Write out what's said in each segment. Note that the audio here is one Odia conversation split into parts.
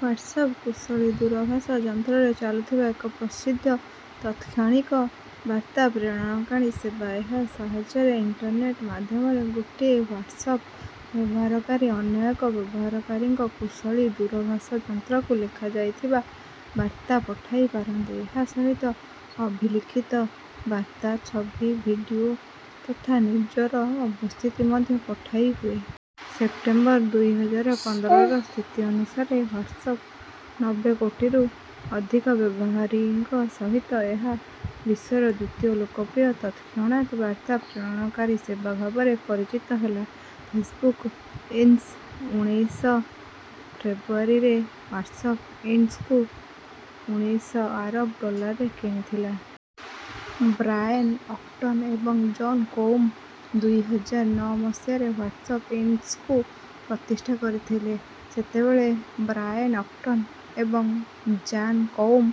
ହ୍ୱାଟ୍ସଆପ କୁଶଳୀ ଦୂରଭାଷ ଯନ୍ତ୍ରରେ ଚାଲୁଥିବା ଏକ ପ୍ରସିଦ୍ଧ ତତ୍-କ୍ଷଣିକ ବାର୍ତ୍ତା ପ୍ରେରଣକାରୀ ସେବା। ଏହା ସାହାଯ୍ୟରେ ଇଣ୍ଟରନେଟ୍ ମାଧ୍ୟମରେ ଗୋଟିଏ ହ୍ୱାଟ୍ସଆପ ବ୍ୟବହାରକାରୀ ଅନ୍ୟ ଏକ ବ୍ୟବହାରକାରୀଙ୍କ କୁଶଳୀ ଦୂରଭାଷ ଯନ୍ତ୍ରକୁ ଲେଖାଯାଇଥିବା ବାର୍ତ୍ତା ପଠାଇପାରନ୍ତି। ଏହା ସହିତ ଅଭିଲିଖିତ ବାର୍ତ୍ତା ଛବି ଭିଡିଓ ତଥା ନିଜର ଅବସ୍ଥିତି ମଧ୍ୟ ପଠାଇହୁଏ। ସେପ୍ଟେମ୍ବର ଦୁଇ ହଜାର ପନ୍ଦରର ସ୍ଥିତି ଅନୁସାରେ ହ୍ୱାଟସପ ନବ୍ବେ କୋଟିରୁ ଅଧିକ ବ୍ୟବହାରକାରୀଙ୍କ ସହିତ ଏହା ବିଶ୍ୱର ଦ୍ୱିତୀୟ ଲୋକପ୍ରିୟ ତତ୍‌କ୍ଷଣାତ୍ ବାର୍ତ୍ତା ପ୍ରେରଣକାରୀ ସେବା ଭାବରେ ପରିଚିତ ହେଲା। ଫେସବୁକ ଇନ୍ସ ଉଣେଇଶ ଫେବୃଆରୀ ରେ ହ୍ୱାଟସପ ଇନ୍ସକୁ ଉଣେଇଶ ଆରବ୍ ଡଲାର୍ରେ କିଣିଥିଲା। ବ୍ରାଏନ୍ ଅକ୍ଟନ ଏବଂ ଜାନ୍ କୋଉମ ଦୁଇ ହଜାର ନଅ ମସିହାରେ ହ୍ୱାଟସପ ଇନ୍ସକୁ ପ୍ରତିଷ୍ଠା କରିଥିଲେ। ସେତେବେଳେ ବ୍ରାଏନ୍ ଅକ୍ଟନ ଏବଂ ଜାନ୍ କୋଉମ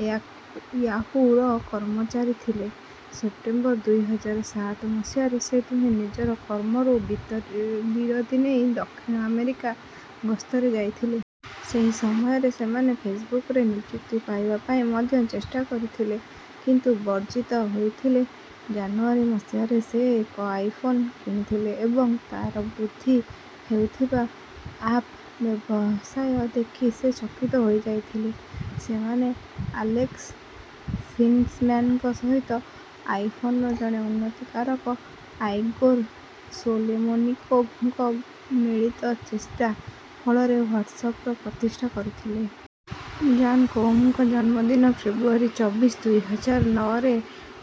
ୟାହୁ ର କର୍ମଚାରୀ ଥିଲେ। ସେପ୍ଟେମ୍ବର ଦୁଇ ହଜାର ସାତ ମସିହାରେ ସେ ଦୁହେଁ ନିଜର କର୍ମରୁ ବିରତି ନେଇ ଦକ୍ଷିଣ ଆମେରିକା ଗସ୍ତରେ ଯାଇଥିଲେ। ସେହି ସମୟରେ ସେମାନେ ଫେସବୁକରେ ନିଯୁକ୍ତି ପାଇବା ପାଇଁ ମଧ୍ୟ ଚେଷ୍ଟା କରିଥିଲେ କିନ୍ତୁ ବର୍ଜିତ ହୋଇଥିଲେ। ଜାନୁଆରୀ ମସିହାରେ ସେ ଏକ ଆଇ ଫୋନ୍ କିଣିଥିଲେ ଏବଂ ତାର ବୃଦ୍ଧି ହେଉଥିବା ଆପ୍ର ବ୍ୟବସାୟ ଦେଖି ସେ ଚକିତ ହୋଇଯାଇଥିଲେ। ସେମାନେ ଆଲେକ୍ସ ଫିସ୍‌ମ୍ୟାନ୍‌ଙ୍କ ସହିତ ଆଇ ଫୋନର ଜଣେ ଉନ୍ନତିକାରକ ଆଇଗୋର୍ ସୋଲେମୋନିକୋଭ୍‌ ଙ୍କ ମିଳିତ ଚେଷ୍ଟା ଫଳରେ ହ୍ୱାଟସପର ପ୍ରତିଷ୍ଠା କରିଥିଲେ। ଜାନ୍ କୋଉମଙ୍କ ଜନ୍ମଦିନ ଫେବୃଆରୀ ଚବିଶ ଦୁଇ ହଜାର ନଅରେ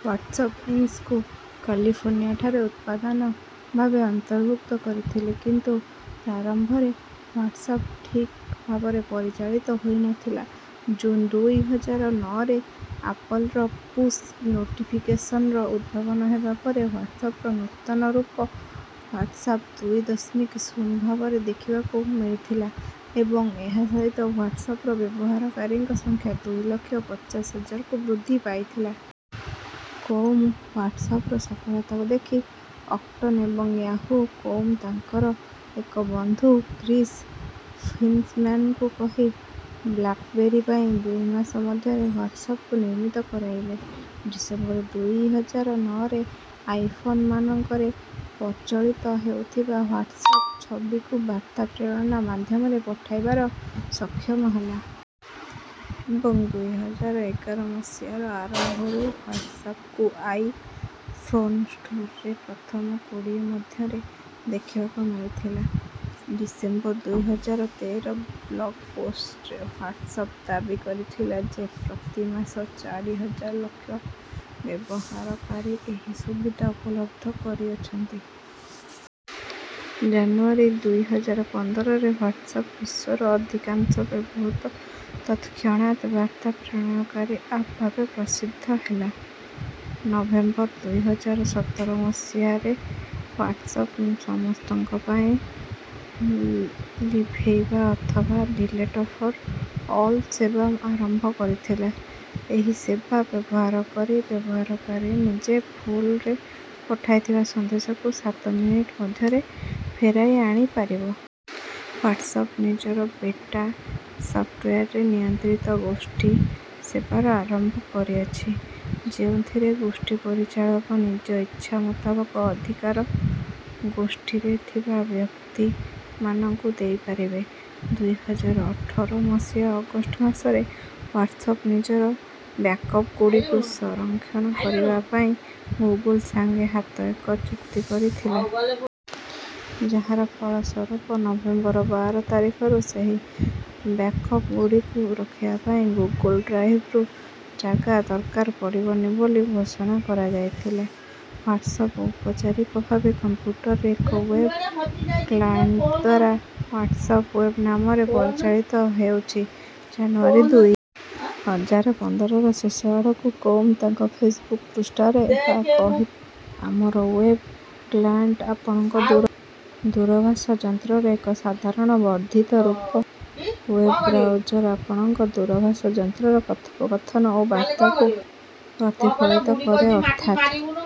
ହ୍ୱାଟ୍ସଆପ ଇନ୍ସକୁ କାର୍ଲିଫର୍ଣ୍ଣିଆଠାରେ ଉତ୍ପାଦାନ ଭାବେ ଅନ୍ତର୍ଭୁକ୍ତ କରିଥିଲେ। କିନ୍ତୁ ପ୍ରାରମ୍ଭରେ ହ୍ୱାଟ୍ସଆପ ଠିକ୍ ଭାବରେ ପରିଚାଳିତ ହୋଇନଥିଲା। ଜୁନ୍ ଦୁଇ ହଜାର ନଅରେ ଆପଲ୍‌ର ପୁଶ୍ ନୋଟିଫିକେସନ୍ସର ଉଦ୍ଭାବନ ହେବା ପରେ ହ୍ୱାଟ୍ସଆପର ନୂତନ ରୂପ ହ୍ୱାଟ୍ସଆପ ଦୁଇ ଦଶମିକ ଶୂନ ଭାବରେ ଦେଖିବାକୁ ମିଳିଥିଲା ଏବଂ ଏହା ସହିତ ହ୍ୱାଟ୍ସଆପର ବ୍ୟବହାରକାରୀଙ୍କ ସଂଖ୍ୟା ଦୁଇ ଲକ୍ଷ ପଚାଶ ହଜାରକୁ ବୃଦ୍ଧି ପାଇଥିଲା। କୋଉମ ହ୍ୱାଟ୍ସଆପର ସଫଳତାକୁ ଦେଖି ଅକ୍ଟନ ଏବଂ ୟାହୁ କୋଉମ ତାଙ୍କର ଏକ ବନ୍ଧୁ କ୍ରିସ୍ ଫିସ୍‌ମ୍ୟାନ୍‌ଙ୍କୁ କହି ବ୍ଲାକବେରୀ ପାଇଁ ଦୁଇ ମାସ ମଧ୍ୟରେ ହ୍ୱାଟ୍ସଆପକୁ ନିର୍ମିତ କରାଇଲେ। ଡିସେମ୍ବର ଦୁଇ ହଜାର ନଅରେ ଆଇ ଫୋନ୍ ମାନଙ୍କରେ ପ୍ରଚଳିତ ହେଉଥିବା ହ୍ୱାଟ୍ସଆପ ଛବିକୁ ବାର୍ତ୍ତା ପ୍ରେରଣ ମାଧ୍ୟମରେ ପଠାଇବାର ସକ୍ଷମ ହେଲା। ଏବଂ ଦୁଇ ହଜାର ଏଗାର ମସିହାର ଆରମ୍ଭରୁ ହ୍ୱାଟ୍ସଆପକୁ ଆଇ ଫୋନ୍ର ଷ୍ଟୋରରେ ପ୍ରଥମ କୋଡ଼ିଏ ମଧ୍ୟରେ ଦେଖିବାକୁ ମିଳିଥିଲା। ଡିସେମ୍ବର ଦୁଇ ହଜାର ତେର ବ୍ଲଗ ପୋଷ୍ଟରେ ହ୍ୱାଟ୍ସଆପ ଦାବି କରିଥିଲା ଯେ ପ୍ରତି ମାସ ଚାରି ହଜାର ଲକ୍ଷ ବ୍ୟବହାରକାରୀ ଏହି ସୁବିଧା ଉପଲବ୍ଧ କରୁଅଛନ୍ତି। ଜାନୁଆରୀ ଦୁଇ ହଜାର ପନ୍ଦରରେ ହ୍ୱାଟ୍ସଆପ ବିଶ୍ୱର ଅଧିକାଂଶ ବ୍ୟବହୃତ ତତ୍‌କ୍ଷଣାତ୍ ବାର୍ତ୍ତା ପ୍ରେରଣକାରୀ ଆପ୍ ଭାବେ ପ୍ରସିଦ୍ଧ ହେଲା। ନଭେମ୍ବର ଦୁଇ ହଜାର ସତର ମସିହାରେ ହ୍ୱାଟ୍ସଆପ ସମସ୍ତଙ୍କ ପାଇଁ ଲିଭେଇବା ଅଥବା ଡିଲେଟ ଫର ଅଲ ସେବା ଆରମ୍ଭ କରିଥିଲା। ଏହି ସେବା ବ୍ୟବହାର କରି ବ୍ୟବହାରକାରୀ ନିଜେ ଭୁଲରେ ପଠାଇଥିବା ସନ୍ଦେଶକୁ ସାତ ମିନଟ ମଧ୍ୟରେ ଫେରାଇ ଆଣି ପାରିବ। ହ୍ୱାଟ୍ସଆପ ନିଜର ବେଟା ସଫ୍ଟୱେରରେ ନିୟନ୍ତ୍ରିତ ଗୋଷ୍ଠୀ ସେବାର ଆରମ୍ଭ କରିଅଛି। ଯେଉଁଥିରେ ଗୋଷ୍ଠୀ ପରିଚାଳକ ନିଜ ଇଚ୍ଛା ମୁତାବକ ଅଧିକାର ଗୋଷ୍ଟିରେ ଥିବା ବ୍ୟକ୍ତି ମାନଙ୍କୁ ଦେଇ ପାରିବେ। ଦୁଇ ହଜାର ଅଠର ମସିହା ଅଗଷ୍ଟ ମାସରେ ହ୍ୱାଟ୍ସଆପ ନିଜର ବ୍ୟାକପ ଗୁଡିକୁ ସଂରକ୍ଷଣ କରିବା ପାଇଁ ଗୁଗଲ ସାଙ୍ଗେ ହାତ ଏକ ଚୁକ୍ତି କରି ଥିଲା। ଯାହାର ଫଳ ସ୍ୱରୂପ ନଭେମ୍ବର ବାର ତାରିଖରୁ ସେହି ବ୍ୟାକପ ଗୁଡିକୁ ରଖିବା ପାଇଁ ଗୁଗଲ ଡ୍ରାଇଭରୁ ଜାଗା ଦରକାର ପଡିବନି ବୋଲି ଘୋଷଣା କରାଯାଇଥିଲା। ହ୍ୱାଟ୍ସଆପ ଔପଚାରିକ ଭାବରେ କମ୍ପ୍ୟୁଟରରେ ଏକ ୱେବ୍ କ୍ଲାଏଣ୍ଟଦ୍ୱାରା ହ୍ୱାଟ୍ସଆପ ୱେବ୍ ନାମରେ ପରିଚାଳିତ ହେଉଛି। ଜାନୁଆରୀ ଦୁଇ ହଜାର ପନ୍ଦରର ଶେଷ ଆଡକୁ କୋଉମ ତାଙ୍କ ଫେସବୁକ ପୃଷ୍ଠାରେ ଏହା କହିଥିଲେ ଆମର ଓ୍ବେବ୍ କ୍ଲାଏଣ୍ଟ ଆପଣଙ୍କ ଦୂରଭାଷ ଯନ୍ତ୍ରର ଏକ ସାଧାରଣ ବର୍ଦ୍ଧିତ ରୂପ ଓ୍ବେବ୍ ବ୍ରାଉଜର ଆପଣଙ୍କ ଦୂରଭାଷ ଯନ୍ତ୍ରର କଥୋପକଥନ ଓ ବାର୍ତ୍ତାକୁ ପ୍ରତିଫଳିତ କରେ ଅର୍ଥାତ